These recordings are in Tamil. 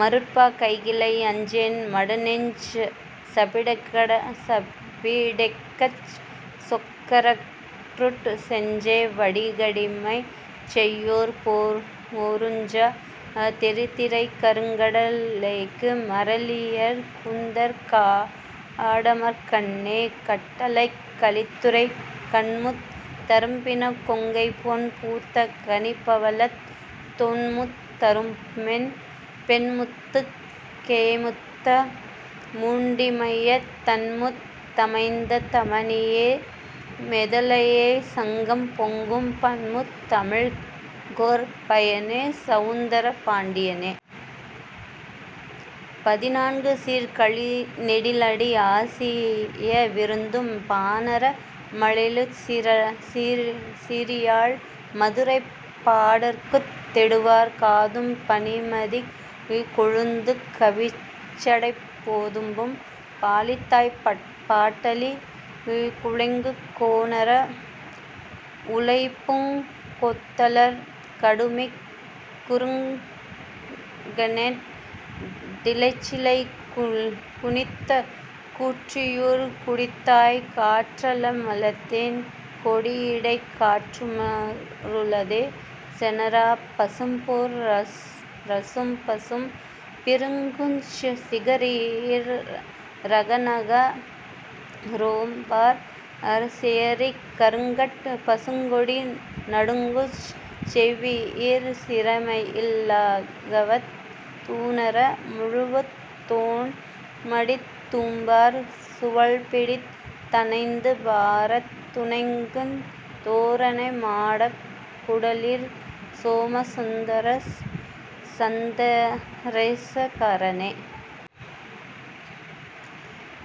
மருட்பா கைக்கிளை அஞ்சேன் மடநெஞ் சபிடேகச் சொக்கரருட் செஞ்சே வடிக்கடிமை செய்யார்போற் றுஞ்சா தெறிதிரைக் கருங்கட லேய்க்கு மறலியற் கூந்தற் காடமர்க் கண்ணே. கட்டளைக் கலித்துறை கண்முத் தரும்பின கொங்கைபொன் பூத்த கனிபவளத் தொண்முத் தரும்புமென் பெண்முத்துக் கேமுத்த முண்டிமயத் தண்முத் தமைந்த தமனிய மேதலைச் சங்கம்பொங்கும் பண்முத் தமிழ்க்கொர் பயனே சவுந்தர பாண்டியனே. பதினான்கு சீர்க் கழிநெடிலடி ஆசிரிய விருத்தம் பாணறா மழலைச் சீறியாழ் மதுரப் பாடற்குத் தோடுவார் காதும் பனிமதிக் கொழுந்துக் கவிர்சடைப் பொதும்பும் பாலித்தாய் பாட்டளி குழைக்குங் கோணறா வுளைப்பூங் கொத்தலர் குடுமிக் குறுங்கணெட் டிலைச்சிலை குனித்த கூற்றுயிர் குடித்தாய்க் காற்றலா மலதென் கொடியிடைக் காற்றுமா றுளதோ சேணறாப் பசும்பொற் றசும்பசும் பிருக்குஞ் சிகரியிற் றகரநா றைம்பாற் சேயரிக் கருங்கட் பசுங்கொடி நுடங்குஞ் செவ்வியிற் சிறைமயி லகவத் தூணறா முழவுத் தோண்மடித் தும்பர் சுவல்பிடித் தணந்துபார்த் துணங்குந் தோரண மாடக் கூடலிற் சோம சுந்தரா சந்த்ரசே கரனே.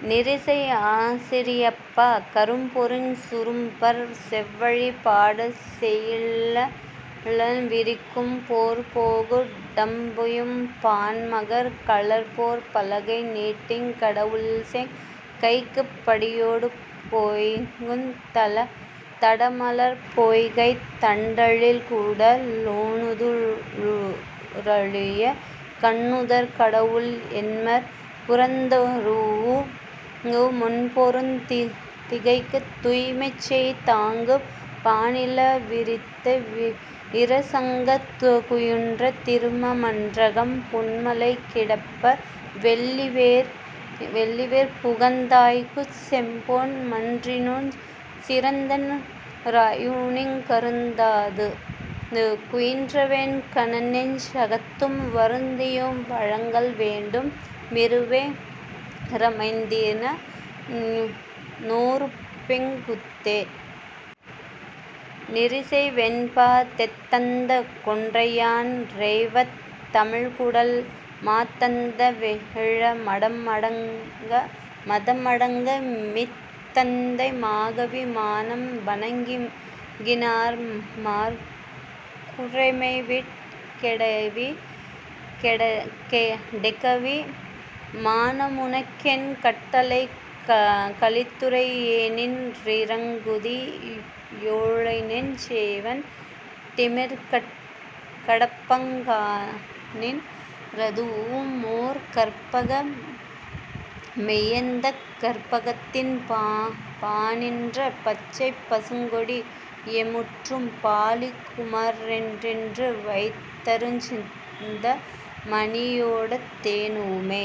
நேரிசை ஆசிரியப்பா கரும்பொறிச் சுரும்பர் செவ்வழி பாடச் சேயிதழ் விரிக்கும் பொற்பொகுட் டம்புயம் பாண்மகற் கலர்பொற் பலகை நீட்டுங் கடவுள்செங் கைக்குப் படியெடுப் பேய்க்குந் தடமலர்ப் பொய்கைத் தண்டமிழ்க் கூட லொண்ணுத றழீய கண்ணுதற் கடவுள் எண்மர் புறந்தரூஉ மொண்பெருந் திகைக்குத் தூய்மைசெய் தாங்குப் பானிலா விரிந்த விரசதங் குயுன்ற திருமா மன்றகம் பொன்மலை கிடப்ப வெள்ளிவெற் புகந்தாய்க்குச் செம்பொன் மன்றினுஞ் சிறந்தன் றாயுனுங் கருந்தாது குயின்றவென் கனனெஞ் சகத்தும் வருந்தியிம் வழங்கல் வேண்டு மிருவே றமைந்தநின் னொருபெருங் கூத்தே. நேரிசை வெண்பா தேத்தந்த கொன்றையான் றெய்வத் தமிழ்க்கூடல் மாத்தந்த வேழ மதமடங்க-மீத்தந்த மாகவி மானம் வணங்கினமாற் கூற்றெமைவிட் டேகவி மானமுனக் கேன். கட்டளைக் கலித்துறை ஏனின் றிரங்குதி யேழைநெஞ் சேவண் டிமிர்கடப்பங் கானின் றதுவுமொர் கற்பக மேயந்தக் கற்பகத்தின் பானின்ற பச்சைப்பசுங்கொடி யேமுற்றும் பாலிக்குமாற் றேனின்ற வைந்தருச் சிந்தா மணியொடத் தேனுவுமே.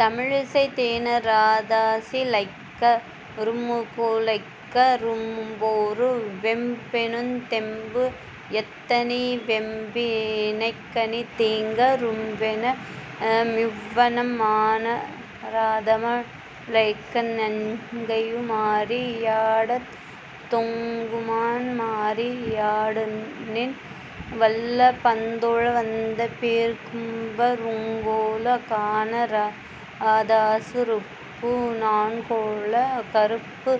தாழிசை தேன றாதசி லைக்க ரும்புகொ லைக்க ரும்பொரு வேம்பெனுந் தேம்பு யத்தணி வேம்பி னைக்கனி தீங்க ரும்பெனு மிவ்வணம் மான றாதம ழைக்க ணங்கையு மாறி யாடத் தொடங்குமான் மாறி யாடுநின் வல்ல பந்தொழ வந்த பேர்க்கும்வ ருங்கொலோ கான றாதசு ருப்பு நாண்கொள கருப்பு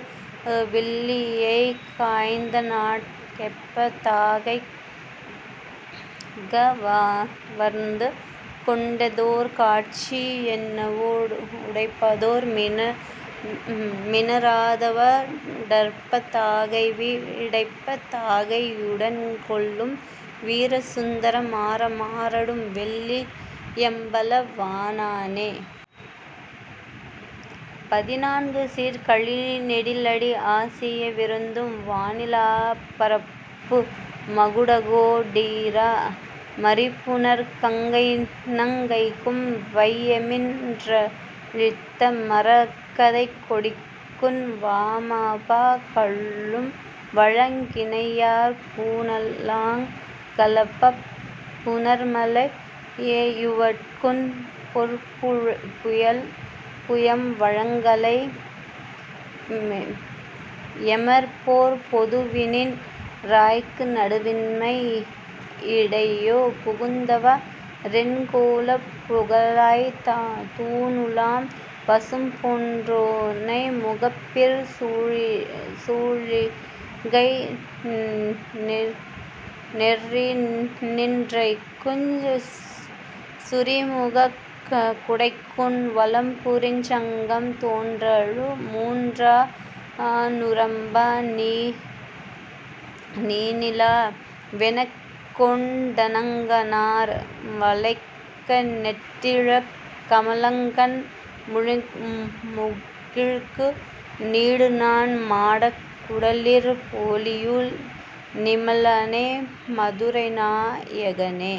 வில்லியைக் காய்ந்தநாட் கைப்ப தாகைக வர்ந்து கொண்டதொர் காட்சி யென்னவெ டுப்பதோர் மீன றாதவ டற்ப தாகைவி டைப்ப தாகை யுடன்கொளும் வீரசுந்தர மாற மாறடும் வெள்ளி யம்பல வாணனே. பதினான்கு சீர்க் கழிநெடிலடி ஆசிரிய விருத்தம் வாணிலாப் பரப்பு மகுடகோ டீர மறிபுனற் கங்கைநங் கைக்கும் வையமீன் றளித்த மரகதக் கொடிக்குன் வாமபா கமும்வழங் கினையாற் பூணுலாங் களபப் புணர்முலை யிவட்குன் பொற்புயம் வழங்கலை யெமர்போற் பொதுவினின் றாய்க்கு நடுவின்மை யிடையே புகுந்தவா றென்கொலோ புகலாய் தூணுலாம் பசும்பொற் றோரண முகப்பிற் சூளிகை நெற்றிநின் றிறங்குஞ் சுரிமுகக் குடக்கூன் வலம்புரிச் சங்கம் தோன்றலு மூன்றுநா ணிரம்பா நீணிலா வெனக்கொண் டணங்கனார் வளைக்கை நெட்டிதழ்க் கமலங்கண் முகிழ்க்கு நீடுநான் மாடக் கூடலிற் பொலியு நிமலனே மதுரைநா யகனே.